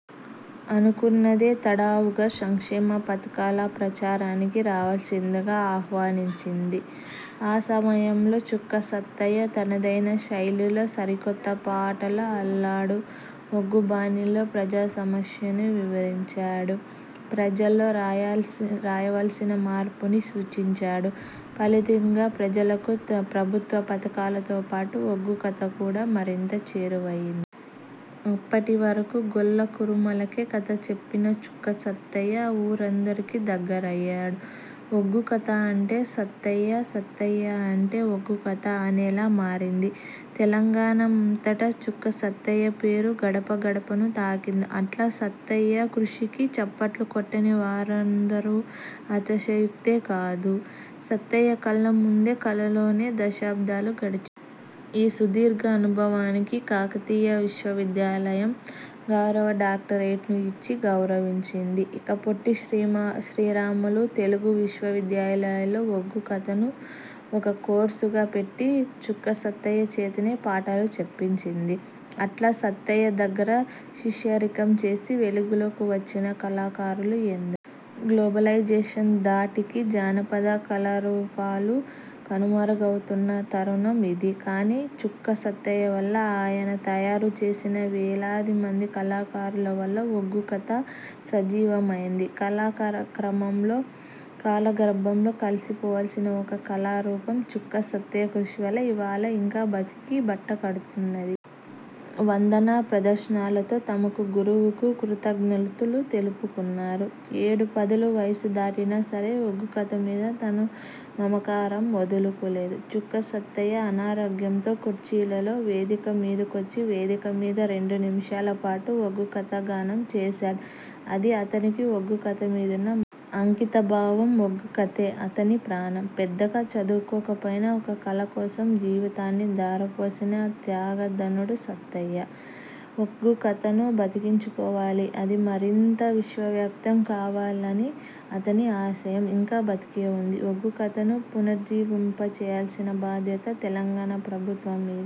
అనుకున్నదే తడవుగా సంక్షేమ పథకాల ప్రచారానికి రావాల్సిందిగా ఆహ్వానించింది. ఆ సమయంలో చుక్క సత్తయ్య తనదైన శైలిలో సరికొత్త పాటలు అల్లాడు. ఒగ్గు బాణీల్లో ప్రజా సమస్యను వివరించాడు. ప్రజల్లో రావాల్సిన మార్పును సూచించాడు. ఫలితంగా ప్రజలకు ప్రభుత్వ పథకాలతో పాటు ఒగ్గుకథ కూడా మరింత చేరువయ్యింది. అప్పటి వరకు గొల్లకురమలకే కథ చెప్పిన చుక్క సత్తయ్య ఊరందరికీ దగ్గరయ్యాడు. ఒగ్గు కథ అంటే సత్తయ్య, సత్తయ్య అంటే ఒగ్గుకథ అనేలా మారింది. తెలంగాణమంతటా చుక్కసత్తయ్య పేరు గడప గడపను తాకింది. అట్లా సత్తయ్య కృషికి చప్పట్లుకొట్టని వారుండరంటే అతిశయోక్తి కాదు. సత్తయ్య కళ్లముందు కళలోనే దశాబ్దాలు గడిచిపోయాయి. ఈ సుదీర్ఘ అనుభవానికి కాకతీయ విశ్వవిద్యాలయం గౌరవ డాక్టరేటుని ఇచ్చి గౌరవించింది. ఇక పొట్టి శ్రీరాములు తెలుగు విశ్వవిద్యాలయంలో ఒగ్గు కథను ఒక కోర్సుగా పెట్టి, చుక్క సత్తయ్య చేతనే పాఠాలు చెప్పించింది. అట్లా సత్తయ్య దగ్గర శిష్యరికం చేసి వెలుగులోకి వచ్చిన కళాకారులు ఎందరో. గ్లోబలైజేషన్ ధాటికి జానపద కళారూపాలు కనుమరుగవుతున్న తరుణం ఇది. కానీ, చుక్క సత్తయ్య వల్ల, ఆయన తయారు చేసిన వేలాదిమంది కళాకారుల వల్ల ఒగ్గు కథ సజీవమైంది. కాలక్రమంలో కాలగర్భంలో కలిసిపోవాల్సిన ఒక కళారూపం, చుక్క సత్తయ్య కృషి వల్ల ఇవాళ ఇంకా బతికి బట్టకడుతున్నది. వందన ప్రదర్శనలతో తమకు గురువుకు కృతజ్ఞతలు తెలుపుకున్నారు. ఏడుపదుల వయసు దాటినా సరే ఒగ్గు కథ మీద తన మమకారం వదులుకోలేదు చుక్క సత్తయ్య. అనారోగ్యంతో కుర్చీలో వేదిక మీదికొచ్చి వేదిక మీద రెండు నిమిషాల పాటు ఒగ్గుకథ గానం చేశాడు. అదీ అతనికి ఒగ్గు కథ మీదున్న మమకారం. అంకితభావం. ఒగ్గుకథే అతని ప్రాణం. పెద్దగా చదువుకోకపోయినా ఒక కళ కోసం జీవితాన్ని ధారపోసిన త్యాగధనుడు సత్తయ్య. ఒగ్గుకథను బతికించుకోవాలి. అది మరింత విశ్వవ్యాపితం కావాలన్న అతని ఆశయం ఇంకా బతికే ఉంది. ఒగ్గు కథను పునర్జీవింప చేయాల్సిన బాధ్యత తెలంగాణ ప్రభుత్వం మీద ఉంది.